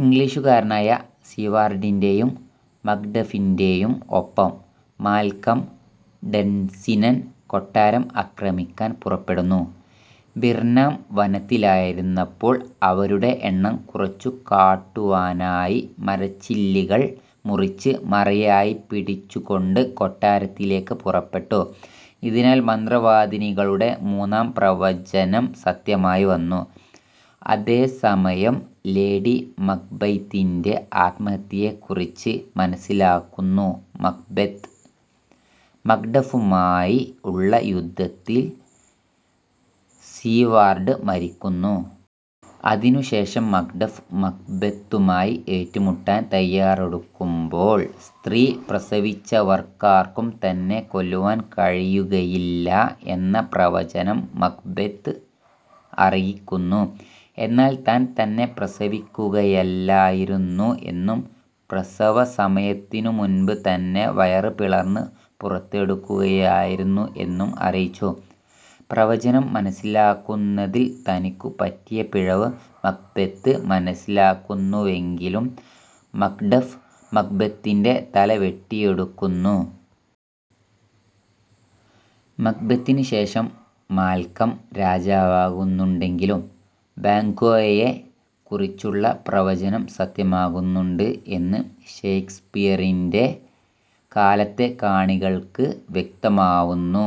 ഇംഗ്ലിഷുകാരനായ സീവാർഡിന്റെയും മക്ഡഫിന്റെയും ഒപ്പം Malcolm Dunsinane കൊട്ടാരം അക്രമിക്കാൻ പുറപ്പെടുന്നു. ബിർനാം വനത്തിലായിരുന്നപ്പോൾ അവരുടെ എണ്ണം കുറച്ചുകാട്ടുവാനായി മരച്ചില്ലികൾ മുറിച്ച് മറയായിപ്പിടിച്ചുകൊണ്ട് കൊട്ടാരത്തിലേക്ക് പുറപ്പെട്ടു. ഇതിനാൽ മന്ത്രവാദിനികളുടെ മൂന്നാം പ്രവചനം സത്യമായി വന്നു. അതേസമയം ലേഡി മക്ബെത്തിന്റെ ആത്മഹത്യയെക്കുറിച്ച് മനസ്സിലാക്കുന്നു മക്ബെത്. മക്ഡഫുമായി ഉള്ള യുദ്ധത്തിൽ സീവാർഡ് മരിക്കുന്നു. അതിനുശേഷം മക്ഡഫ് മക്ബെത്തുമായി ഏറ്റുമുട്ടാൻ തയ്യാറെടുക്കുമ്പോൾ സ്ത്രീ പ്രസവിച്ചവർക്കാർക്കും തന്നെ കൊല്ലുവാൻ കഴിയുകയില്ല എന്ന പ്രവചനം മക്ബെത്ത് അറിയിക്കുന്നു. എന്നാൽ താൻ തന്നെ പ്രസവിക്കുകയല്ലായിരുന്നു എന്നും, പ്രസവസമയത്തിനു മുൻപ് തന്നെ വയറ് പിളർന്ന് പുറത്തെടുക്കുകയായിരുന്നു എന്നും അറിയിച്ചു. പ്രവചനം മനസ്സിലാക്കുന്നതിൽ തനിക്കു പറ്റിയ പിഴവ് മക്ബെത്ത് മനസ്സിലാക്കുന്നുവെങ്കിലും മക്ഡഫ് മക്ബെത്തിന്റെ തല വെട്ടിയെടുക്കുന്നു. മക്ബെത്തിന് ശേഷം മാൽക്കം രാജാവാകുന്നുണ്ടെങ്കിലും ബാങ്ക്വോയെക്കുറിച്ചുള്ള പ്രവചനം സത്യമാകുന്നുണ്ട് എന്ന് ഷെയ്ക്സ്പിയറിന്റെ കാലത്തെ കാണികൾക്ക് വ്യക്തമാവുന്നു.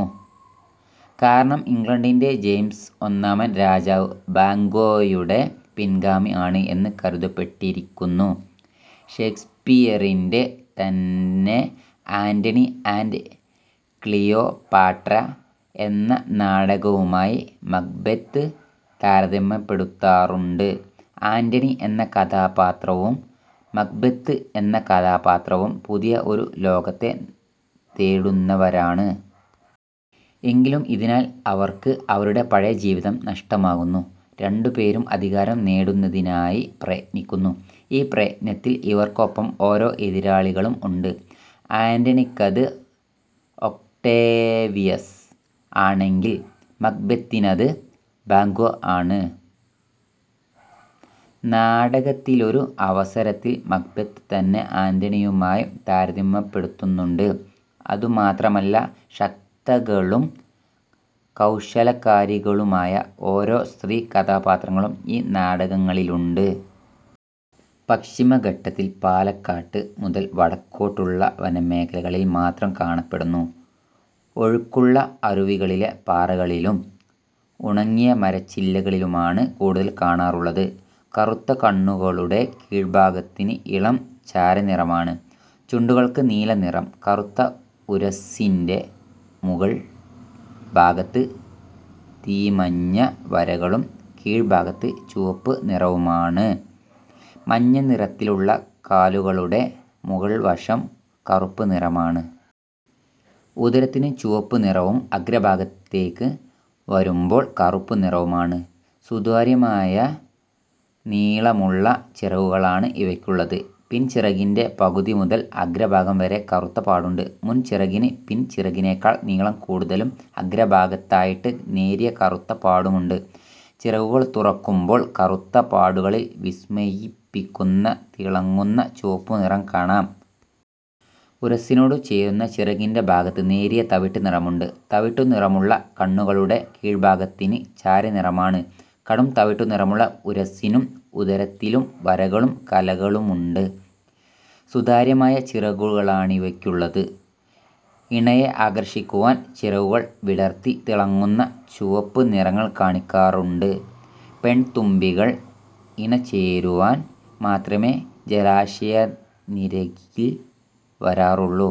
കാരണം ഇംഗ്ലണ്ടിന്റെ ജെയിംസ് ഒന്നാമൻ രാജാവ് ബാങ്ക്വോയുടെ പിൻഗാമി ആണ് എന്ന് കരുതപ്പെട്ടിരിക്കുന്നു. ഷേക്സ്പിയറിന്റെ തന്നെ ആന്റണി ആന്റ് ക്ലിയോപാട്ര എന്ന നാടകവുമായി മക്ബെത്ത് താരതമ്യപ്പെടുത്താറൂണ്ട്. ആന്റണി എന്ന കഥാപാത്രവും മക്ബെത്ത് എന്ന കഥാപാത്രവും പുതിയ ഒരു ലോകത്തെ തേടുന്നവരാണ്. എങ്കിലും ഇതിനാൽ അവർക്ക് അവരുടെ പഴയ ജീവിതം നഷ്ടമാകുന്നു. രണ്ടുപേരും അധികാരം നേടുന്നതിനായി പ്രയത്നിക്കുന്നു. ഈ പ്രയത്നത്തിൽ ഇവർക്കൊപ്പം ഓരോ എതിരാളികളും ഉണ്ട്. അന്റണിക്കത് ഒക്ടേവിയസ് ആണെങ്കിൽ മക്ബെത്തിനത് ബാങ്ക്വോ ആണ്. നാടകത്തിലൊരു അവസരത്തിൽ മക്ബെത്ത് തന്നെ ആന്റണിയുമായി താരതമ്യപ്പെടുത്തുന്നുണ്ട്. അതുമാത്രമല്ല ശക്തകളും കൗശലക്കാരികളുമായ ഓരോ സ്ത്രീ കഥാപാത്രങ്ങലും ഈ നാടകങ്ങളിലുണ്ട്. പശ്ചിമഘട്ടത്തിൽ പാലക്കാട്ട് മുതൽ വടക്കോട്ടുള്ള വനമേഖലകളിൽ മാത്രം കാണപ്പെടുന്നു. ഒഴുക്കുള്ള അരുവികളിലെ പാറകളിലും ഉണങ്ങിയ മരച്ചില്ലകളിലുമാണ് കൂടുതൽ കാണാറുള്ളത്. കറുത്ത കണ്ണുകളുടെ കീഴ്ഭാഗത്തിന് ഇളം ചാരനിറമാണ്. ചുണ്ടുകൾക്ക് നീല നിറം. കറുത്ത ഉരസ്സിന്റെ മുകൾ ഭാഗത്ത് തീമഞ്ഞ വരകളും കീഴ്ഭാഗത്ത് ചുവപ്പ് നിറവുമാണ്. മഞ്ഞ നിറത്തിലുള്ള കാലുകളുടെ മുകൾ വശം കറുപ്പ് നിറമാണ്. ഉദരത്തിനു ചുവപ്പ് നിറവും അഗ്രഭാഗത്തേക്ക് വരുമ്പോൾ കറുപ്പു നിറവുമാണ്. സുതാര്യമായ നീളമുള്ള ചിറകുകളാണ് ഇവയ്ക്കുള്ളത്. പിൻ ചിറകിന്റെ പകുതി മുതൽ അഗ്രഭാഗം വരെ കറുത്ത പാടുണ്ട്. മുൻ ചിറകിന് പിൻ ചിറകിനേക്കാൾ നീളം കൂടുതലും അഗ്രഭാഗത്തായിട്ട് നേരിയ കറുത്ത പാടുമുണ്ട്. ചിറകുകൾ തുറക്കുമ്പോൾ കറുത്ത പാടുകളിൽ വിസ്മയിപ്പിക്കുന്ന തിളങ്ങുന്ന ചുവപ്പു നിറം കാണാം. ഉരസ്സിനോട് ചേരുന്ന ചിറകിന്റെ ഭാഗത്ത് നേരിയ തവിട്ട് നിറമുണ്ട്. തവിട്ടു നിറമുള്ള കണ്ണുകളുടെ കീഴ്ഭാഗത്തിന് ചാരനിറമാണ്. കടും തവിട്ടു നിറമുള്ള ഉരസ്സിലും ഉദരത്തിലും വരകളും കലകളുമുണ്ട്. സുതാര്യമായ ചിറകുകളാണിവയ്ക്കുള്ളത്. ഇണയെ ആകർഷിക്കുവാൻ ചിറകുകൾ വിടർത്തി തിളങ്ങുന്ന ചുവപ്പ് നിറങ്ങൾ കാണിക്കാറുണ്ട്. പെൺതുമ്പികൾ ഇണ ചേരുവാൻ മാത്രമേ ജലാശയത്തിനരികിൽ വരാറുള്ളു.